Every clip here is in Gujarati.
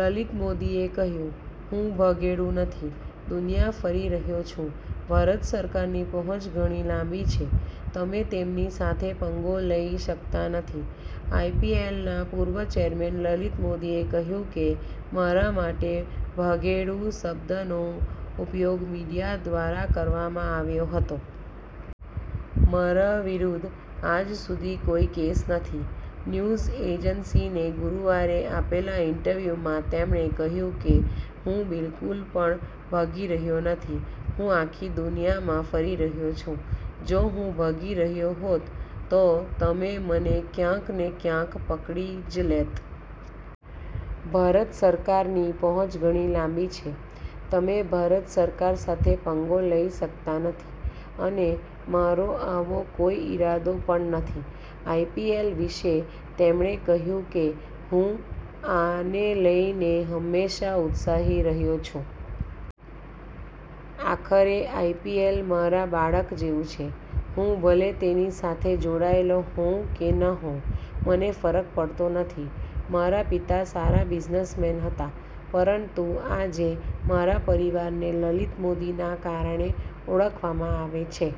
લલિત મોદીએ કહ્યું, " હું ભાગેડુ નથી, દુનિયા ફરી રહ્યો છું. ભારત સરકારની પહોંચ ઘણી લાંબી છે, તમે તેમની સાથે પંગો લઈ શકતા નથી. આઈપીએલના પૂર્વ ચેરમેન લલિત મોદીએ કહ્યું કે, "મારા માટે ભાગેડુ શબ્દનો ઉપયોગ મીડિયા દ્વારા કરવામાં આવ્યો હતો. મારા વિરુદ્ધ આજ સુધી કોઈ કેસ નથી." ન્યૂઝ એજન્સી ને ગુરુવારે આપેલા ઇન્ટરવ્યુમાં તેમણે કહ્યું, "કે હું બિલકુલ પણ ભાગી રહ્યો નથી. હું આખી દુનિયામાં ફરી રહ્યો છું. જો હું ભાગી રહ્યો હોત, તો તમે મને ક્યાંક ને ક્યાંક પકડી જ લેત. ભારત સરકારની પહોંચ ઘણી લાંબી છે. તમે ભારત સરકાર સાથે પંગો લઈ શકતા નથી. અને મારો આવો કોઈ ઇરાદો પણ નથી." આઈપીએલ વિશે તેમણે કહ્યું કે, "હું આને લઈને હંમેશાથી ઉત્સાહી રહ્યો છું. આખરે આઈપીએલ મારા બાળક જેવું છે. હું ભલે તેની સાથે જોડાયેલો હોઉં કે ન હોઉં, મને ફરક પડતો નથી. મારા પિતા સારા બિઝનેસમેન હતા, પરંતુ આજે મારા પરિવારને લલિત મોદીના કારણે ઓળખવામાં આવે છે."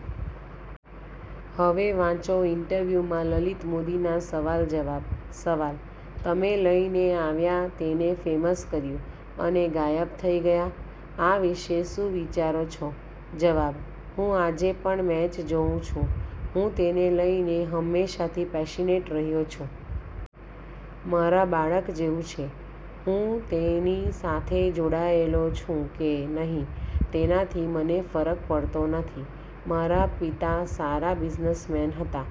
હવે વાંચો ઇન્ટરવ્યુમાં લલિત મોદીના સવાલ-જવાબ:- સવાલ: "તમે લઈને આવ્યા, તેને ફેમસ કર્યું અને ગાયબ થઈ ગયા. આ વિશે શું વિચારો છો?" જવાબ: "હું આજે પણ મેચ જોઉં છું. હું તેને લઈને હંમેશાથી પેશનેટ રહ્યો છું. મારા બાળક જેવું છે. હું તેની સાથે જોડાયેલો છું કે નહીં, તેનાથી મને ફરક પડતો નથી. મારા પિતા સારા બિઝનેસમેન હતા,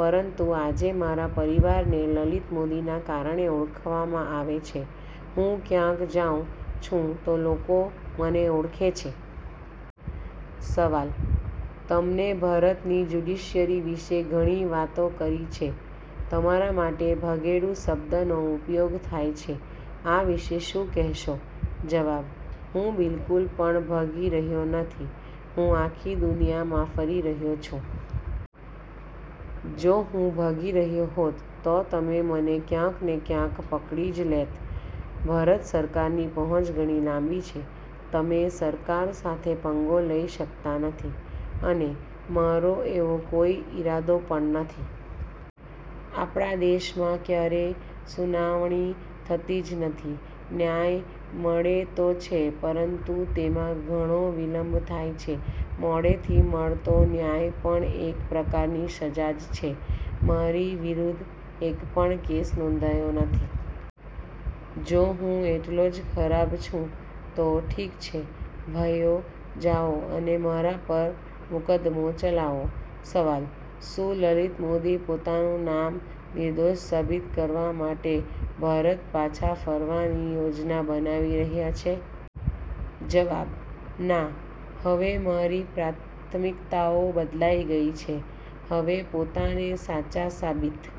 પરંતુ આજે મારા પરિવારને લલિત મોદીના કારણે ઓળખવામાં આવે છે. હું ક્યાંય જાઉં છું તો લોકો મને ઓળખે છે. " સવાલ: "તમે ભારતની જ્યુડિશિયરી વિશે ઘણી વાતો કરી છે. તમારા માટે 'ભાગેડુ' શબ્દનો ઉપયોગ થાય છે. આ વિશે શું કહેશો?" જવાબ: "હું બિલકુલ પણ ભાગી રહ્યો નથી. હું આખી દુનિયામાં ફરી રહ્યો છું. જો હું ભાગી રહ્યો હોત, તો તમે મને ક્યાંક ને ક્યાંક પકડી જ લેત. ભારત સરકારની પહોંચ ઘણી લાંબી છે. તમે સરકાર સાથે પંગો લઈ શકતા નથી. અને મારો એવો કોઈ ઇરાદો પણ નથી. આપણા દેશમાં ક્યારેય સુનાવણી થતી જ નથી. ન્યાય મળે તો છે, પરંતુ તેમાં ઘણો વિલંબ થાય છે. મોડેથી મળતો ન્યાય પણ એક પ્રકારની સજા જ છે. મારી વિરુદ્ધ એક પણ કેસ નોંધાયો નથી. જો હું આટલો જ ખરાબ છું તો ઠીક છે, ભાઈઓ, જાઓ અને મારા પર મુકદ્દમો ચલાવો." સવાલ: "શું લલિત મોદી પોતાનું નામ નિર્દોષ સાબિત કરવા માટે ભારત પાછા ફરવાની યોજના બનાવી રહ્યા છે?" જવાબ: "ના, હવે મારી પ્રાથમિકતાઓ બદલાઈ ગઈ છે. હવે પોતાને સાચા સાબિત